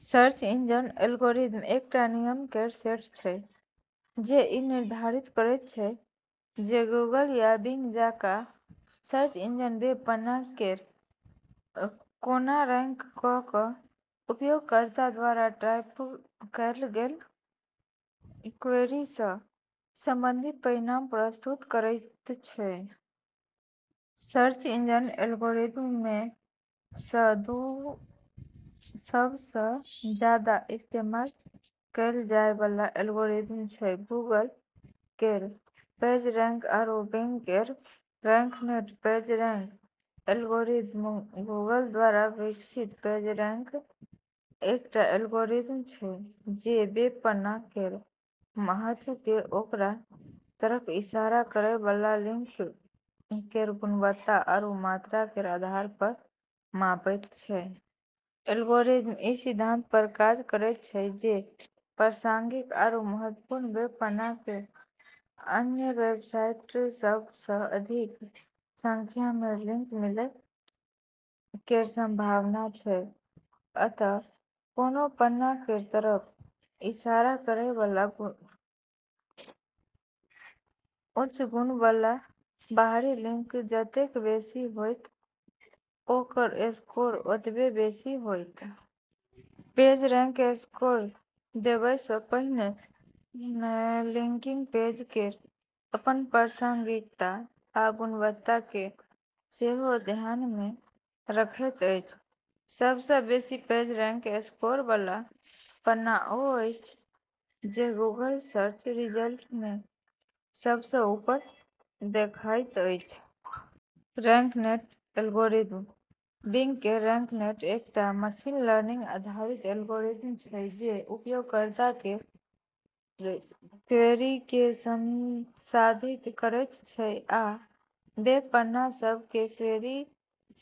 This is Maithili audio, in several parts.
सर्च इंजन एल्गोरिदम एकटा नियम केर सेट छै जे ई निर्धारित करैत छै जे गूगल या बिंग जकाँ सर्च इंजन वेब पन्ना केँ कोना रैंक कऽ कऽ उपयोगकर्ता द्वारा टाइप कएल गेल क्वेरी सँ संबंधित परिणाम प्रस्तुत करैत छै। सर्च इंजन एल्गोरिदम मे सँ दू सब सँ जादा इस्तेमाल कएल जाए बला एल्गोरिदम छै गूगल केर पेजरैंक आरू बिंग केर रैंकनेट। पेजरैंक एल्गोरिदम: गूगल द्वारा विकसित पेजरैंक एकटा एल्गोरिदम छै जे वेब पन्ना केर महत्व केँ ओकरा तरफ इशारा करै बला लिंक केर गुणवत्ता आरू मात्रा केर आधार पर मापैत छै। एल्गोरिदम ई सिद्धांत पर काज करैत छै जे प्रासंगिक आरू महत्वपूर्ण वेब पन्ना केँ अन्य वेबसाइट सभ सँ अधिक संख्या मे लिंक मिलै केर संभावना छै। अतः, कोनो पन्ना केर तरफ इशारा करै बला उच्च गुणवत्ता बला बाहरी लिंक जतेक बेसी होएत, ओकर स्कोर ओतबे बेसी होएत। पेजरैंक स्कोर देबै सँ पहिने लिंकिंग पेज केर अपन प्रासंगिकता आ गुणवत्ता केँ सेहो ध्यान मे रखैत अछि। सब सँ बेसी पेजरैंक स्कोर बला पन्ना ओ अछि जे गूगल सर्च रिजल्ट मे सब सँ ऊपर देखाइत अछि। रैंकनेट एल्गोरिदम: बिंग केर रैंकनेट एकटा मशीन-लर्निंग आधारित एल्गोरिदम छै जे उपयोगकर्ता केर क्वेरी केँ संसाधित करैत छै आ वेब पन्ना सभ केँ क्वेरी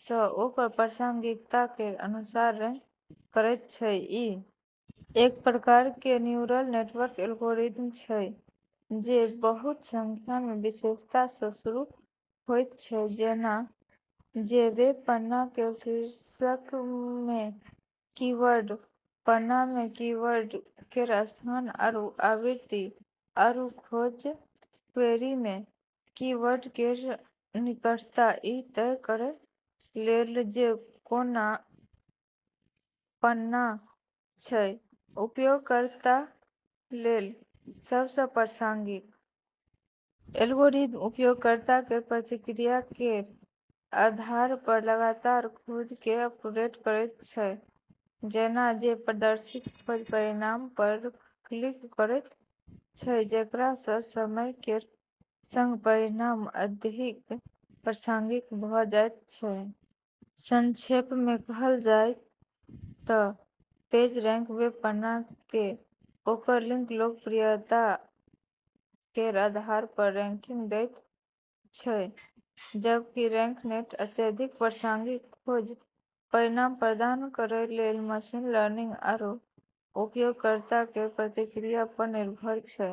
सँ ओकर प्रासंगिकता केर अनुसार रैंक करैत छै। ई एक प्रकार केर न्यूरल नेटवर्क एल्गोरिदम छै जे बहुत संख्या मे विशेषता सँ शुरू होइत छै, जेना जे वेब पन्ना केर शीर्षक मे कीवर्ड, पन्ना मे कीवर्ड केर स्थान आरू आवृत्ति, आरू खोज क्वेरी मे कीवर्ड केर निकटता ई तय करै लेल जे कोन पन्ना छै उपयोगकर्ता लेल सब सँ प्रासंगिक। एल्गोरिदम उपयोगकर्ता केर प्रतिक्रिया केर आधार पर लगातार खुद केँ अपडेट करैत छै जेना जे प्रदर्शित खोज परिणाम पर क्लिक करैत छै, जेकरा सँ समय केर सँग परिणाम अधिक प्रासंगिक भऽ जाइत छै। संक्षेप मे कहल जाय तँ पेजरैंक वेब पन्ना केँ ओकर लिंक लोकप्रियता केर आधार पर रैंकिंग दैत छै, जबकि रैंकनेट अत्यधिक प्रासंगिक खोज परिणाम प्रदान करै लेल मशीन लर्निंग आरू उपयोगकर्ता केर प्रतिक्रिया पर निर्भर छै।